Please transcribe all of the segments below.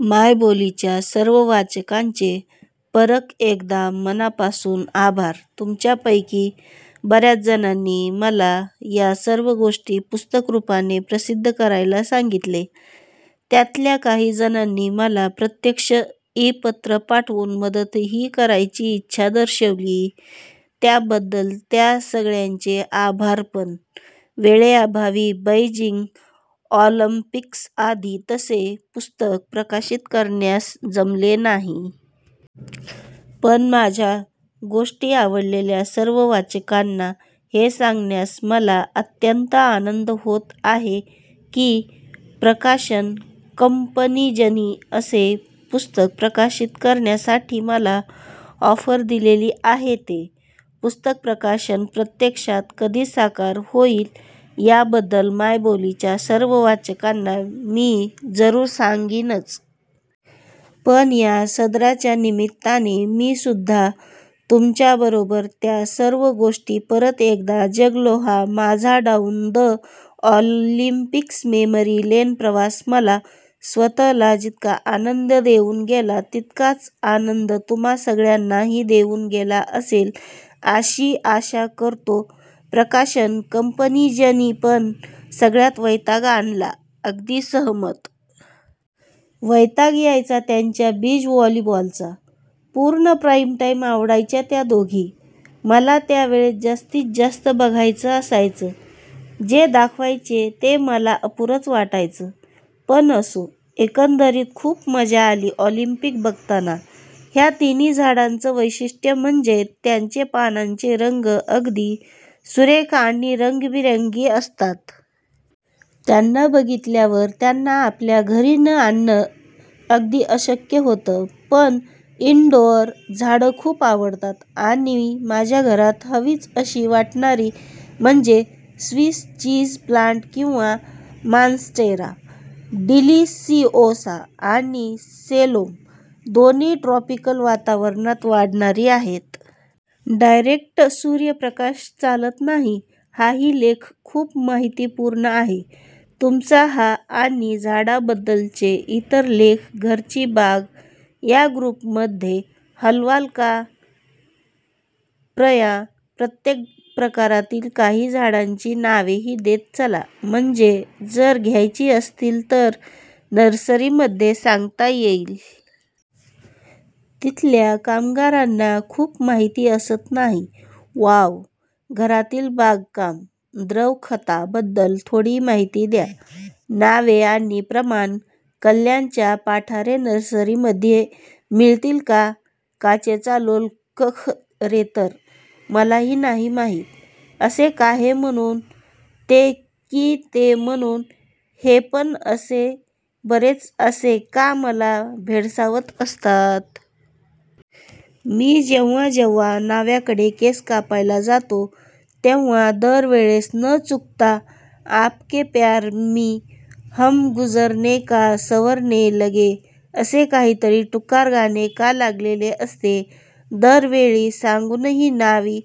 मायबोलीच्या सर्व वाचकांचे परक एकदा मनापासुन आभारतुमच्यापै़की बर्याच जणानी मला या सर्व गोष्टी पुस्तकरुपाने प्रसिद्ध करायला सांगीतले.. त्यातल्या काही जणांनी मला प्रत्यक्ष इ पत्र पाठवुन मदतही करायची इच्छा दर्शवली.. त्याबद्दल त्या सगळ्यांचे आभारपण वेळेअभावी बैजिंग ऑलिंपिक्सआधी तसे पुस्तक प्रकाशीत करण्यास जमले नाही.. पण माझ्या गोष्टी आवडलेल्या सर्व वाचकांना हे सांगण्यास मला अत्यंत आनंद होत आहे की प्रकाशन कंपनिजनी.. असे पुस्तक प्रकाशित करण्यासाठीमला ऑफर दिलेली आहेते पुस्तक प्रकाशन प्रत्यक्षात कधी साकार होइलयाबद्दल मायबोलिच्या सर्व वाचकांना मी जरुर सांगीनच. पण या सदराच्या निमित्ताने मीसुद्धा तुमच्या बरोबर त्या सर्व गोष्टी परत एकदा जगलोहा माझाडाउन द ऑलिंपिक्स मेमरी लेनप्रवास मला स्वतःला जितका आनंद देउन गेलातितकाच आनंद तुम्हा सगळ्यांनाही देउन गेला असेल अशी आशा करतो प्रकाशन कंपनिजनीपण सगळ्यात वैताग आणलाअगदी सहमत. वैताग यायचा त्यांच्या बीच वॉलीबॉलचा. पूर्ण प्राईमटाईम अडवायच्या त्या दोघी. मला त्यावेळेत जास्तीतजास्त ' /'बघायचं असायचं. जे दाखवायचे ते मला अपुरंच वाटायचं. पण असो, एकंदरीत खूप मजा आली ऑलिंपिक बघताना. ह्या तिन्ही झाडांच वैशिष्ट्य म्हणजे त्यांचे पानांचे रंग अगदी सुरेख आणि रंगीबेरंगी असतात. त्यांना बघितल्यावर त्यांना आपल्या घरी न आणण अगदी अशक्य होतं. मला इनडोअर झाडं खूप आवडतात. आणि माझ्या घरात हवीच अशी वाटणारी म्हणजे 'स्विस चीज प्लांट किंवा माँन्स्टेरा डिलीसिओसा' आणि 'सेलोम'. दोन्ही ट्रॉपिकल वातावरणात वाढणारी आहेत. डायरेक्ट सूर्यप्रकाश चालत नाही. हाही लेख खूप माहितीपूर्ण आहे. तुमचा हा आणि झाडांबद्दलचे इतर लेख "घरची बाग" या ग्रुपमध्ये हलवाल का? ृपया प्रत्येक प्रकारातील काही झाडांची नावेही देत चला, म्हणजे जर घ्यायची असतील तर नर्सरीमध्ये सांगता येईल. तिथल्या कामगारांना खूप माहिती असत नाही. वाव्ह. घरातील बागकाम. द्रवखतां बद्दल थोडी माहिती द्या. नावे आणि प्रमाण. कल्याणच्या पाठारे नर्सरी मध्ये मिळतील का? काचेचा लोलकखरेतर मलाही नाही माहीत असे काहे म्हणून ते की ते म्हणून हेपणअसे बरेच "असे का" मला भेडसावत असतात.. मी जेव्हा जेव्हा न्हाव्याकडे केस कापायला जातो तेव्हा दर वेळेस न चुकता 'आपके प्यार मी हम गुजरने का सवरने लगे " असे काहीतरी टुकार गाणे का लागलेले असते? दरवेळी सांगूनही न्हावी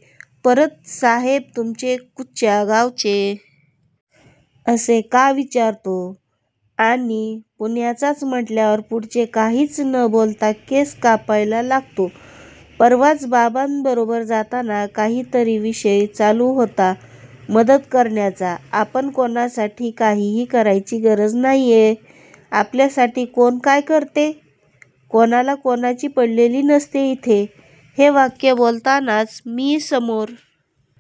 परत "साह्येब तुमचे कुच्या गावचे? " असे का विचारतो.. आणि पुण्याचाच म्हटल्यावर पुढचे काहीच न बोलता केस कापायला लागतोपरवाच बाबांबरोबर जाताना काहीतरी विषय चालू होता मदत करण्याचा"आपण कोणासाठी काहीही करायची गरज नाहीये.. आपल्यासाठी कोण काय करते??? कोणाला कोणाची पडलेली नसते इथे" हे वाक्य बोलतानाच मी समोर